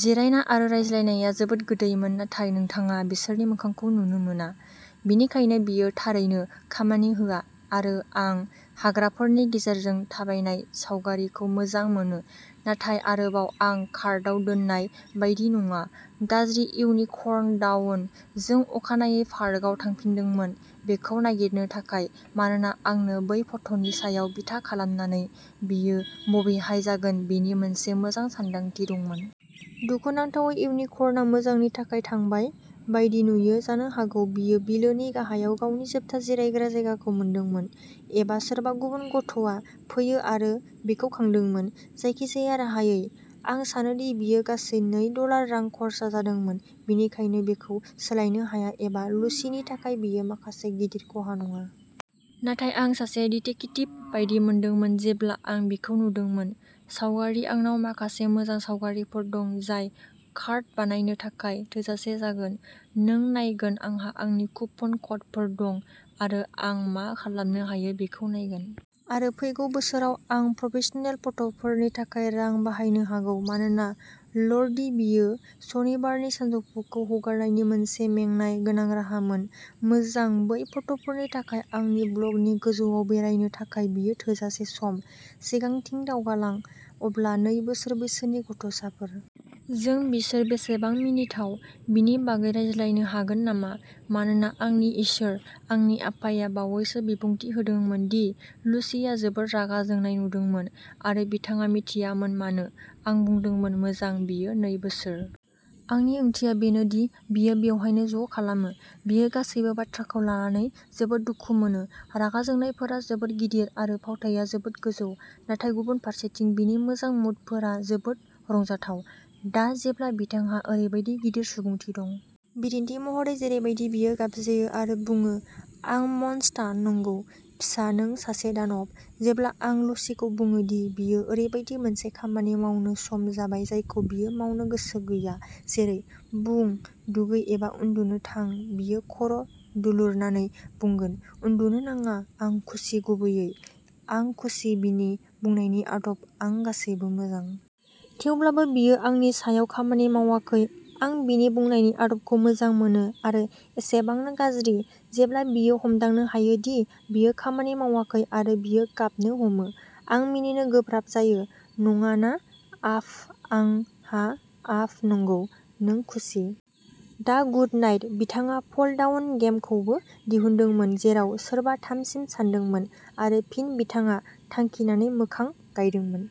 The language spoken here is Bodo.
जिरायना आरो रायज्लायनाया जोबोद गोदैमोन, नाथाय नोंथाङा बिसोरनि मोखांखौ नुनो मोना, बेनिखायनो बेयो थारैनो खामानि होआ। आरो आं हाग्राफोरनि गेजेरजों थाबायनाय सावगारिखौ मोजां मोनो, नाथाय आरोबाव आं कार्डआव दोननाय बायदि नङा। गाज्रि इउनिकर्न डाउन जों अखानायै पार्कआव थांफिनदोंमोन बेखौ नागिरनो थाखाय, मानोना आंनो बै फट'नि सायाव बिथा खालामनानै बेयो बबेहाय जागोन बेनि मोनसे मोजां सानदांथि दंमोन। दुखुनांथावै, इउनिकर्नआ मोजांनि थाखाय थांबाय बायदि नुयो जानो हागौ बियो बिलोनि गाहायाव गावनि जोबथा जिरायग्रा जायगाखौ मोनदोंमोन एबा सोरबा गुबुन गथ'आ फैयो आरो बिखौ खांदोंमोन। जायखिजाया राहायै, आं सानोदि बियो गासै नै डलार रां खर्सा जादोंमोन, बेनिखायनो बेखौ सोलायनो हाया एबा लुसिनि थाखाय बेयो माखासे गिदिर खहा नङा। नाथाय आं सासे डिटेकिटिभ बायदि मोनदोंमोन जेब्ला आं बिखौ नुदोंमोन। सावगारि आंनाव माखासे मोजां सावगारिफोर दं, जाय कार्ड बानायनो थाखाय थोजासे जागोन। नों नायगोन आंहा आंनि कुपन क'डफोर दं आरो आं मा खालामनो हायो बेखौ नायगोन। आरो फैगौ बोसोराव, आं प्रफेशनेल फट'फोरनि थाखाय रां बाहायनो हागौ। मानोना ल'र्डि, बेयो सनिबारनि सानजौफुखौ हगारनायनि मोनसे मेंनाय गोनां राहामोन। मोजां, बै फट'फोरनि थाखाय आंनि ब्लगनि गोजौआव बेरायनो थाखाय बेयो थोजासे सम। सिगांथिं दावगालां अब्ला नै बोसोर बैसोनि गथ'साफोर। जों बिसोर बेसेबां मिनिथाव बेनि बागै रायज्लायनो हागोन नामा? मानोना आंनि इसोर। आंनि आफाया बावैसो बिबुंथि होदोंमोन दि लुसिआ जोबोद रागा जोंनाय नुदोंमोन आरो बिथाङा मिथियामोन मानो। आं बुंदोंमोन, मोजां। बियो नै बोसोर। आंनि ओंथिया बेनो दि बेयो बेवहायनो ज'खालामो। बियो गासैबो बाथ्राखौ लानानै जोबोद दुखु मोनो। रागा जोंनायफोरा जोबोद गिदिर, आरो फावथाया जोबोद गोजौ। नाथाय गुबुन फारसेथिं, बिनि मोजां मुडफोरा जोबोद रंजाथाव। दा जेब्ला बिथांहा ओरैबायदि गिदिर सुबुंथि दं। बिदिन्थि महरै जेरैबादि बियो गाबज्रियो आरो बुङो, आं मन्सता नंगौ, फिसा, नों सासे दानब। जेब्ला आं लुसिखौ बुङो दि बेयो ओरैबायदि मोनसे खामानि मावनो सम जाबाय जायखौ बियो मावनो गोसो गैया जेरै, बुं, दुगै एबा उन्दुनो थां बियो खर' दुलुरनानै बुंगोन, उन्दुनो नाङा आं खुसि गुबैयै, आं खुसि बिनि बुंनायनि आदब आं गासैबो मोजां। थेवब्लाबो बेयो आंनि सायाव खामानि मावाखै, आं बिनि बुंनायनि आदबखौ मोजां मोनो। आरो एसेबांनो गाज्रि, जेब्ला बियो हमदांनो हायो दि बेयो खामानि मावाखै आरो बियो गाबनो हमो, आं मिनिनो गोब्राब जायो। नङा ना आप आं हा आप नंगौ, नों खुसि। दा गुडनाइट। बिथाङा फल-डाउन गेम खौबो दिहुनदोंमोन, जेराव सोरबा थामसिम सानदोंमोन आरो फिन बिथाङा थांखिनानै मोखां गायदोंमोन।